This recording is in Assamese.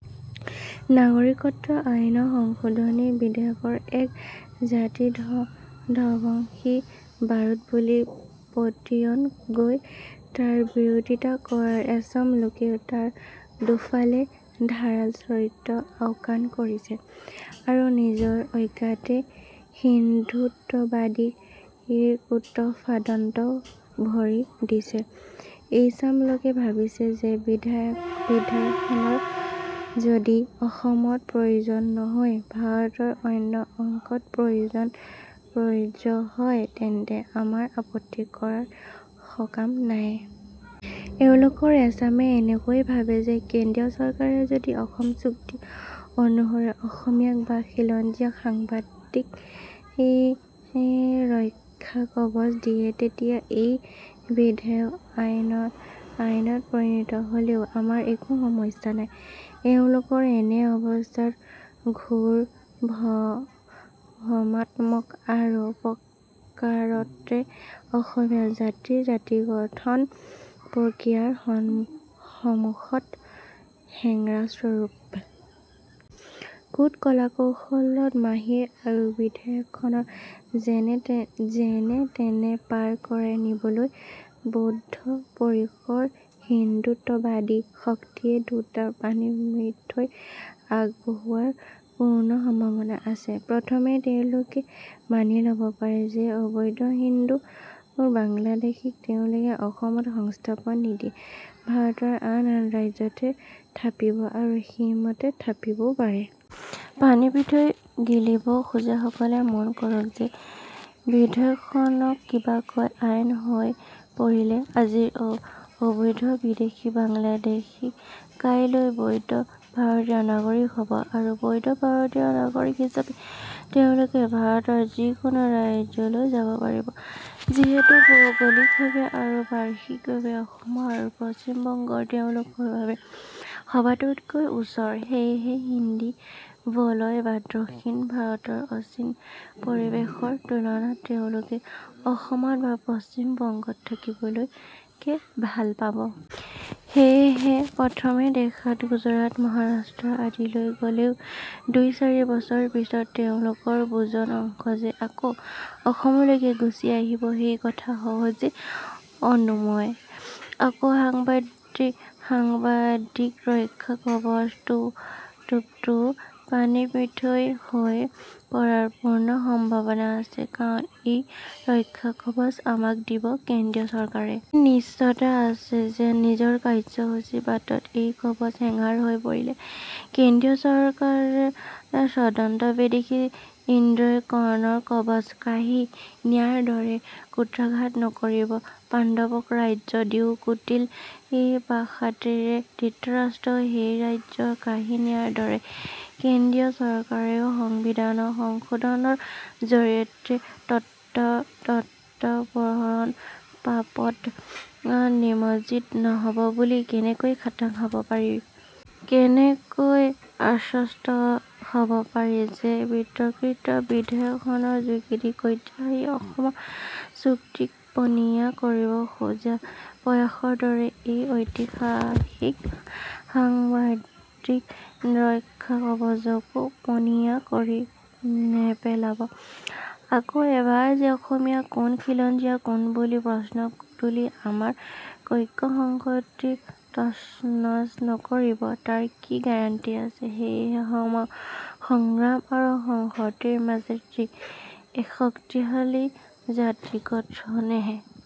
নাগৰিকত্ব আইন সংশোধনী বিধেয়ক এক জাতিধ্বংসী বাৰুদ বুলি পতিয়ন গৈ তাৰ বিৰোধিতা কৰা এচাম লোকেও তাৰ দুফালে ধাৰাল চৰিত্ৰ আওকাণ কৰিছে আৰু নিজৰ অজ্ঞাতে হিন্দুত্ববাদীৰ কূটফান্দত ভৰি দিছে। এইচাম লোকে ভাবিছে যে বিধেয়কখন যদি অসমত প্ৰযোজ্য নহৈ ভাৰতৰ অন্য অংশত প্ৰযোজ্য হয় তেন্তে আমাৰ আপত্তি কৰাৰ সকাম নাই। এওঁলোকৰ এচামে এনেকৈয়ো ভাবে যে কেন্দ্ৰীয় চৰকাৰে যদি অসম চুক্তি অনুসৰি অসমীয়াক বা খিলঞ্জীয়াক সাংবিধানিক ৰক্ষাকৱচ দিয়ে তেতিয়া এই বিধেয়ক আইনত পৰিণত হ'লেও আমাৰ একো সমস্যা নহয়। এওঁলোকৰ এনে অৱ্স্থান ঘোৰ ভ্ৰমাত্মক আৰু প্ৰকাৰান্তৰে অসমীয়া জাতিৰ জাতিগঠন প্ৰক্ৰিয়াৰ সমুখতো হেঙাৰস্বৰূপ। কূট কলাকৌশলত মাহিৰ আৰু বিধেয়কখন যেনেতেনে পাৰ কৰাই নিবলৈ বদ্ধপৰিকৰ হিন্দুত্ববাদী শক্তিয়ে দুটা পানীমিঠৈ আগ বঢ়োৱাৰ পূৰ্ণ সম্ভাৱনা আছে। প্ৰথমে তেওঁলোকে মানি ল'ব পাৰে যে অবৈধ হিন্দু বাংলাদেশীক তেওঁলোকে অসমত সংস্থাপন নিদিয়ে, ভাৰতৰ আন আন ৰাজ্যতহে থাপিব আৰু সেইমতে থাপিবও পাৰে। পানীমিঠৈ গিলিব খোজাসকলে মন কৰক যে বিধেয়কখন কিবাকৈ আইন হৈ পৰিলে আজিৰ অবৈধ বিদেশী বাংলাদেশী কাইলৈ বৈধ ভাৰতীয় নাগৰিক হ'ব আৰু বৈধ ভাৰতীয় নাগৰিক হিচাপে তেওঁলোকে ভাৰতৰ যিকোনো ৰাজ্যলৈ যাব পাৰিব। যিহেতু ভৌগোলিকভাৱে আৰু ভাষিকভাৱেও অসম আৰু পশ্চিম বংগ তেওঁলোকৰ বাবে সবাতোকৈ ওচৰৰ, সেয়ে হিন্দী বলয় বা দক্ষিণ ভাৰতৰ অচিন পৰিৱেশৰ তুলনাত তেওঁলোকে অসমত বা পশ্চিম বংগত থাকিবলৈকে ভাল পাব। সেয়েহে প্ৰথমে দেখাত গুজৰাট, মহাৰাষ্ট্ৰ আদিলৈ গলেও দুই-চাৰি বছৰ পিছত তেওঁলোকৰ বুজন অংশ যে আকৌ অসমলৈকেই গুছি আহিব সেইকথা সহজেই অনুমেয়। আকৌ সাংবিধানিক ৰক্ষাকৱচ টোপটোও পানীমিঠৈ হৈ পৰাৰ পূৰ্ণ সম্ভাৱনা আছে। কাৰণ এই ৰক্ষাকৱচ আমাক দিব কেন্দ্ৰীয় চৰকাৰে। কি নিশ্চয়তা আছে যে নিজৰ কাৰ্যসূচীৰ বাটত এই কৱচ হেঙাৰ হৈ পৰিলে কেন্দ্ৰীয় চৰকাৰে ছদ্মবেশী ইন্দ্ৰই কৰ্ণৰ কৱচ কাঢ়ি নিয়াৰ দৰে কূটাঘাত নকৰিব? পাণ্ডৱক ৰাজ্য দিও কুটিল পাশাটিৰে ধৃতৰাষ্ট্ৰই সেই ৰাজ্য কাঢ়ি নিয়াৰ দৰে কেন্দ্ৰীয় চৰকাৰেও সংবিধান সংশোধনৰ জৰিয়তে দত্তাপহৰণ পাপত নিমজ্জিত নহব বুলি কেনেকৈ খাটাং হ'ব পাৰি? কেনেকৈ আশ্বস্ত হ'ব পাৰি যে বিতৰ্কিত বিধেয়কখনৰ যোগেদি ঐতিহাসিক অসম চুক্তিক পনীয়া কৰিব খোজা প্ৰয়াসৰ দৰে এই ঐতিহাসিক সাংবিধানিক ৰক্ষাকৱচকো পনীয়া কৰি নেপেলাব? আকৌ এবাৰ যে অসমীয়া কোন, খিলঞ্জীয়া কোন বুলি প্ৰশ্ন তুলি আমাৰ ঐক্য-সংহতি তছনছ নকৰিব তাৰ কি গেৰাণ্টি আছে? সেয়েহে সংগ্ৰাম আৰু সংহতিৰ মাজেদি এক শক্তিশালী জাতিগঠনেহে